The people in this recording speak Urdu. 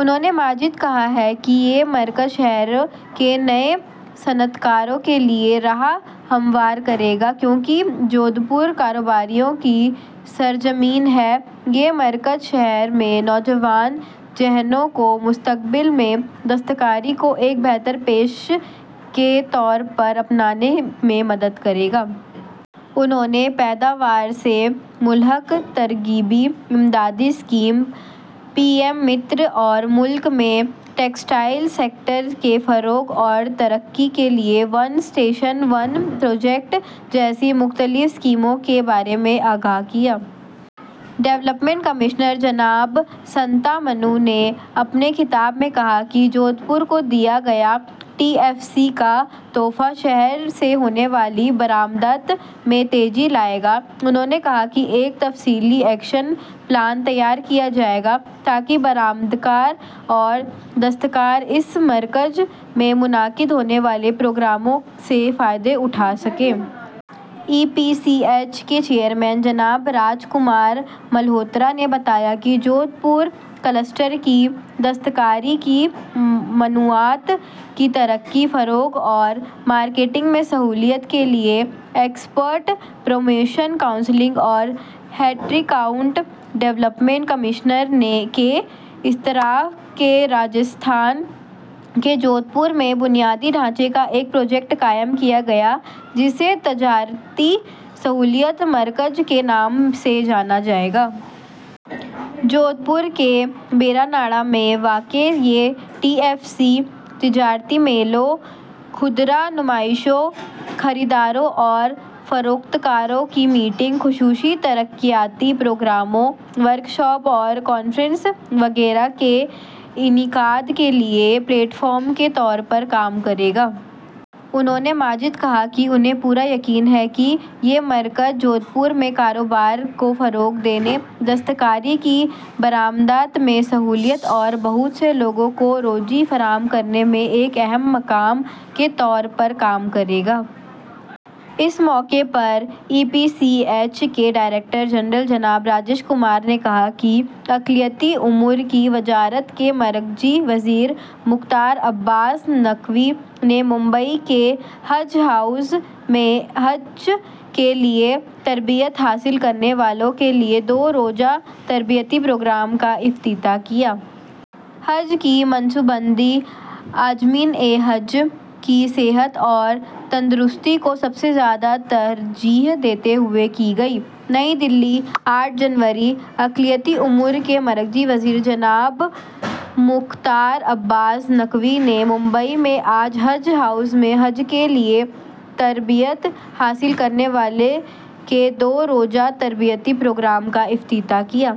انہوں نے مزید کہا کہ یہ مرکز شہر کے نئے صنعت کاروں کے لیے راہ ہموار کرے گا کیونکہ جودھپور کاروباریوں کی سرزمین ہے۔ یہ مرکز شہر میں نوجوان ذہنوں کو مستقبل میں دستکاری کو ایک بہتر پیشے کے طور پر اپنانے میں مدد کرے گا۔ انہوں نے پیداوار سے منسلک ترغیباتی اسکیم، پی ایم متر اور ملک میں ٹیکسٹائل سیکٹر کے فروغ اور ترقی کے لیے ون اسٹیشن ون پروڈکٹ جیسی مختلف اسکیموں کے بارے میں مطلع کیا۔ ڈیولپمنٹ کمشنر جناب شانتا منو نے اپنے خطاب میں کہا کہ جودھپور کو دیا گیا ٹی ایف سی کا تحفہ شہر سے ہونے والی برآمدات میں تیزی لائے گا۔ انہوں نے کہا کہ ایک تفصیلی ایکشن پلان تیار کیا جائے گا تاکہ برآمد کار اور دستکار اس مرکز میں منعقد ہونے والے پروگراموں سے فائدہ اٹھا سکیں۔ ای پی سی ایچ کے چیئرمین جناب راج کمار ملہوترا نے بتایا کہ جودھپور کلسٹر کی دستکاری کی مصنوعات کی ترقی، فروغ اور مارکیٹنگ میں سہولت کے لیے ایکسپورٹ پروموشن کونسل اور ہینڈی کرافٹ ڈیولپمنٹ کمشنر کے اشتراک سے راجستھان کے جودھپور میں بنیادی ڈھانچے کا ایک پروجیکٹ کیا گیا، جسے تجارتی سہولت مرکز کے نام سے جانا جائے گا۔ جودھپور کے بوراناڈہ میں واقع یہ ٹی ایف سی تجارتی میلوں، خوردہ نمائشوں، خریداروں اور فروخت کاروں کی میٹنگ، خصوصی ترقیاتی پروگراموں، ورکشاپ اور کانفرنس وغیرہ کے انعقاد کے لیے ایک پلیٹ فارم کے طور پر کام کرے گا۔ انہوں نے مزید کہا کہ انہیں پورا یقین ہے کہ یہ مرکز جودھپور میں کاروبار کو فروغ دینے، دستکاری کی برآمدات میں سہولت اور بہت سے لوگوں کو روزی فراہم کرنے میں ایک اہم مقام کے طور پر کام کرے گا۔ اس موقع پر ای پی سی ایچ کے ڈائریکٹر جنرل جناب راجیش کمار نے کہا کہ اقلیتی امور کی وزارت کے مرکزی وزیر مختار عباس نقوی نے ممبئی کے حج ہاؤس میں حج کے لیے تربیت حاصل کرنے والوں کے لیے دو روزہ تربیتی پروگرام کا افتتاح کیا۔ ’’حج کی منصوبہ بندی عازمین حج کی صحت اور تندرستی کو سب سے زیادہ ترجیح دیتے ہوئے کی گئی۔‘‘ نئی دہلی، آٹھ جنوری، اقلیتی امور کے مرکزی وزیر جناب مختار عباس نقوی نے ممبئی میں آج حج ہاؤس میں حج کے لیے تربیت حاصل کرنے والوں کے دو روزہ تربیتی پروگرام کا افتتاح کیا۔